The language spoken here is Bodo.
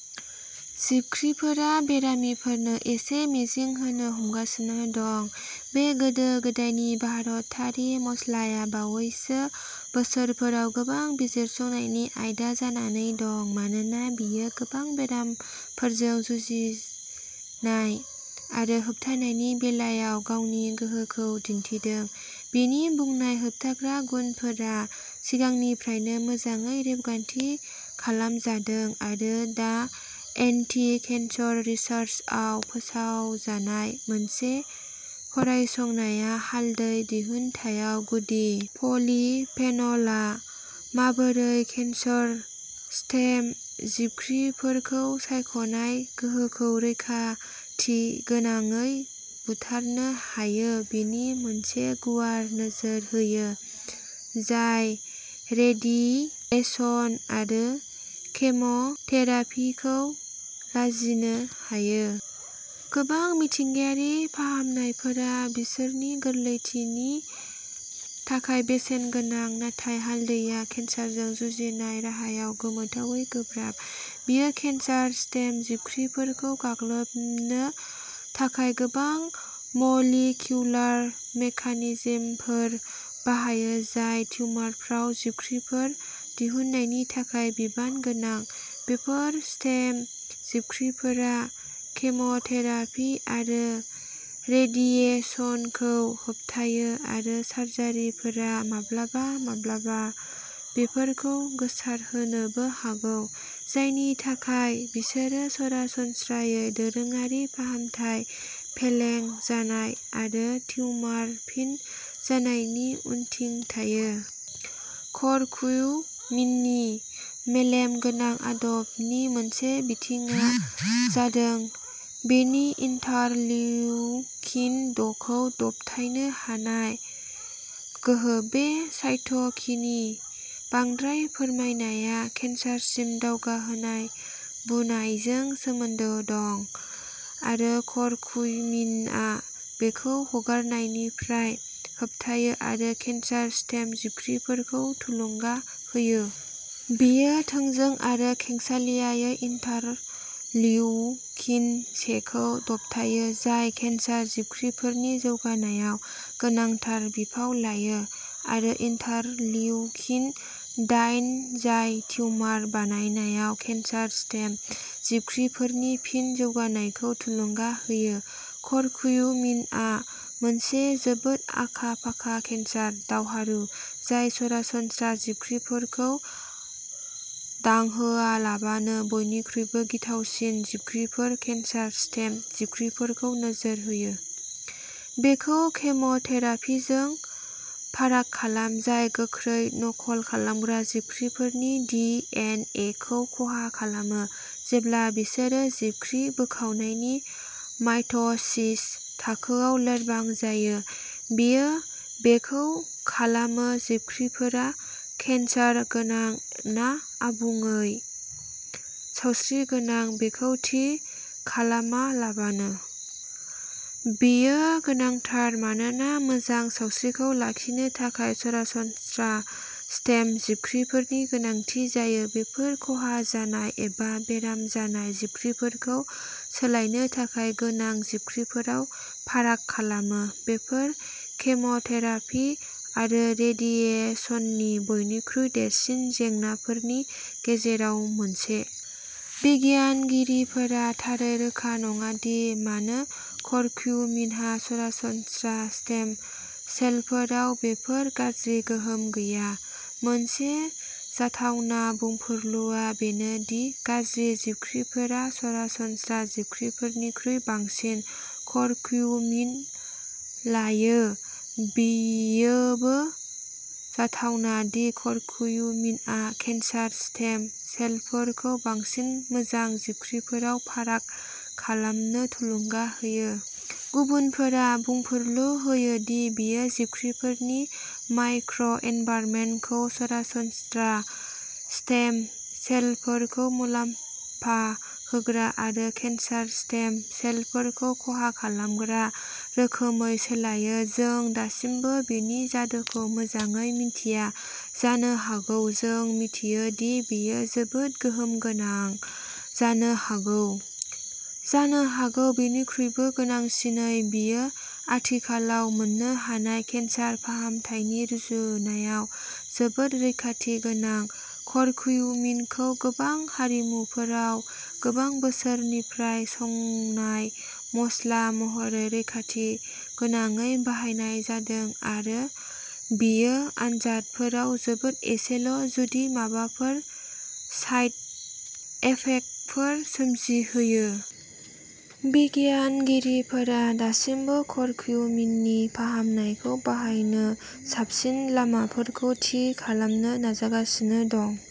जिबख्रिफोरा बेरामिफोरनो एसे मिजिं होनो हमगासिनो दं। बे गोदो गोदायनि भारतारि मस्लाआ बावैसो बोसोरफोराव गोबां बिजिरसंनायनि आयदा जानानै दं मानोना बेयो गोबां बेरामफोरजों जुजिनाय आरो होबथानायनि बेलायाव गावनि गोहोखौ दिन्थिदों। बेनि बुंनाय होबथाग्रा गुनफोरा सिगांनिफ्रायनो मोजाङै रेबगान्थि खालामजादों आरो दा एन्टिकेन्सर रिसार्सआव फोसावजानाय मोनसे फरायसंनाया हालदै दिहुनथायाव गुदि पलिफेनलआ माबोरै केन्सार स्टेम जिबख्रिफोरखौ सायख'नाय गोहोखौ रैखाथिगोनाङै बुथारनो हायो बेनि मोनसे गुवार नोजोर होयो जाय रेडिएसन आरो केम'थेरापिखौ लाजिनो होयो। गोबां मिथिंगायारि फाहामनायफोरा बिसोरनि गोरलैथिनि थाखाय बेसेन गोनां, नाथाय हालदैया केन्सारजों जुजिनाय राहायाव गोमोथावै गोब्राब। बेयो केन्सार स्टेम जिबख्रिफोरखौ गाग्लोबनो थाखाय गोबां मलिकिउलार मेकानिजोमफोर बाहायो, जाय टिउमारफोराव जिबख्रिफोर दिहुननायनि थाखाय बिबान गोनां। बेफोर स्टेम जिबख्रिफोरा केम'थेरापि आरो रेडिएसनखौ होबथायो आरो सार्जारिफोरा माब्लाबा माब्लाबा बेफोरखौ गोसारहोनोबो हागौ, जायनि थाखाय बिसोरो सरासनस्रायै दोरोङारि फाहामथाय फेलें जानाय आरो टिउमार फिन जानायनि उनथिं थायो। करक्यूमिननि मेलेम गोनां आदबनि मोनसे बिथिंआ जादों बेनि इन्टारलिउकिन द'खौ दबथायनो हानाय गोहो। बे साइट'किनि बांद्राय फोरमायनाया केन्सारसिम दावगाहोनाय बुनायजों सोमोन्दो दं आरो करक्यूमिनआ बेखौ हगारनायनिफ्राय होबथायो आरो केन्सार स्टेम जिबख्रिफोरखौ थुलुंगा होयो। बेयो थोंजों आरो खेंसालियायै इन्टारलिउकिन सेखौ दबथायो, जाय केन्सार जिबख्रिफोरनि जौगानायाव गोनांथार बिफाव लायो आरो इन्टारलिउकिन दाइन, जाय टिउमार बानायनाय केन्सार स्टेम जिबख्रिफोरनि फिन जौगानायखौ थुलुंगा होयो। करक्यूमिनआ मोनसे जोबोद आखा फाखा केन्सार दावहारु, जाय सरासनस्रा जिबख्रिफोरखौ दांहोआलाबानो बयनिख्रुइबो गिथावसिन जिबख्रिफोर, केन्सार स्टेम जिबख्रिफोरखौ नोजोर होयो। बेखौ केम'थेरापिजों फाराग खालाम, जाय गोख्रै नकल खालामग्रा जिबख्रिफोरनि डि एन एखौ खहा खालामो, जेब्ला बिसोरो जिबख्रि बोखावनायनि माइट'सिस थाखोआव लोरबां जायो। बेयो बेखौ खालामो जिबख्रिफोरा केन्सार गोनां ना आबुङै सावस्रिगोनां बेखौ थि खालामालाबानो। बेयो गोनांथार मानोना मोजां सावस्रिखौ लाखिनो थाखाय सरासनस्रा स्टेम जिबख्रिफोरनि गोनांथि जायो। बेफोर खहा जानाय एबा बेराम जानाय जिबख्रिफोरखौ सोलायनो थाखाय गोनां जिबख्रिफोराव फाराग खालामो, बेफोर केम'थेरापि आरो रेडिएसननि बयनिख्रुइ देरसिन जेंनाफोरनि गेजेराव मोनसे। बिगियानगिरिफोरा थारै रोखा नङा दि मानो करक्यूमिनहा सरासनस्रा स्टेम सेलफोराव बेफोर गाज्रि गोहोम गैया। मोनसे जाथावना बुंफुरलुआ बेनो दि गाज्रि जिबख्रिफोरा सरासनस्रा जिबख्रिफोरनिख्रुइ बांसिन करक्यूमिन लायो। बेयोबो जाथावना दि करक्यूमिनआ केन्सार स्टेम सेलफोरखौ बांसिन मोजां जिबख्रिफोराव फाराग खालामनो थुलुंगा होयो। गुबुनफोरा बुंफुरलु होयो दि बेयो जिबख्रिफोरनि माइक्र' एनभाइरनमेन्टखौ सरासनस्रा स्टेम सेलफोरखौ मुलाम्फा होग्रा आरो केन्सार स्टेम सेलफोरखौ खहा खालामग्रा रोखोमै सोलायो। जों दासिमबो बेनि जादुखौ मोजाङै मिन्थिया जानो हागौ, जों मिथियो दि बेयो जोबोद गोहोम गोनां जानो हागौ। जानो हागौ बेनिख्रुइबो गोनांसिनै, बेयो आथिखालाव मोन्नो हानाय केन्सार फाहामथायनि रुजुनायाव जोबोद रैखाथि गोनां। करक्यूमिनखौ गोबां हारिमुफोराव गोबां बोसोरफोरनिफ्राय संनाय मस्ला महरै रैखाथिगोनाङै बाहायनाय जादों आरो बेयो आनजादफोराव जोबोद एसेल', जुदि माबाफोर, साइड इफेक्टफोर सोमजिहोयो। बिगियानगिरिफोरा दासिमबो करक्यूमिननि फाहामनायखौ बाहायनो साबसिन लामाफोरखौ थि खालामनो नाजागासिनो दं।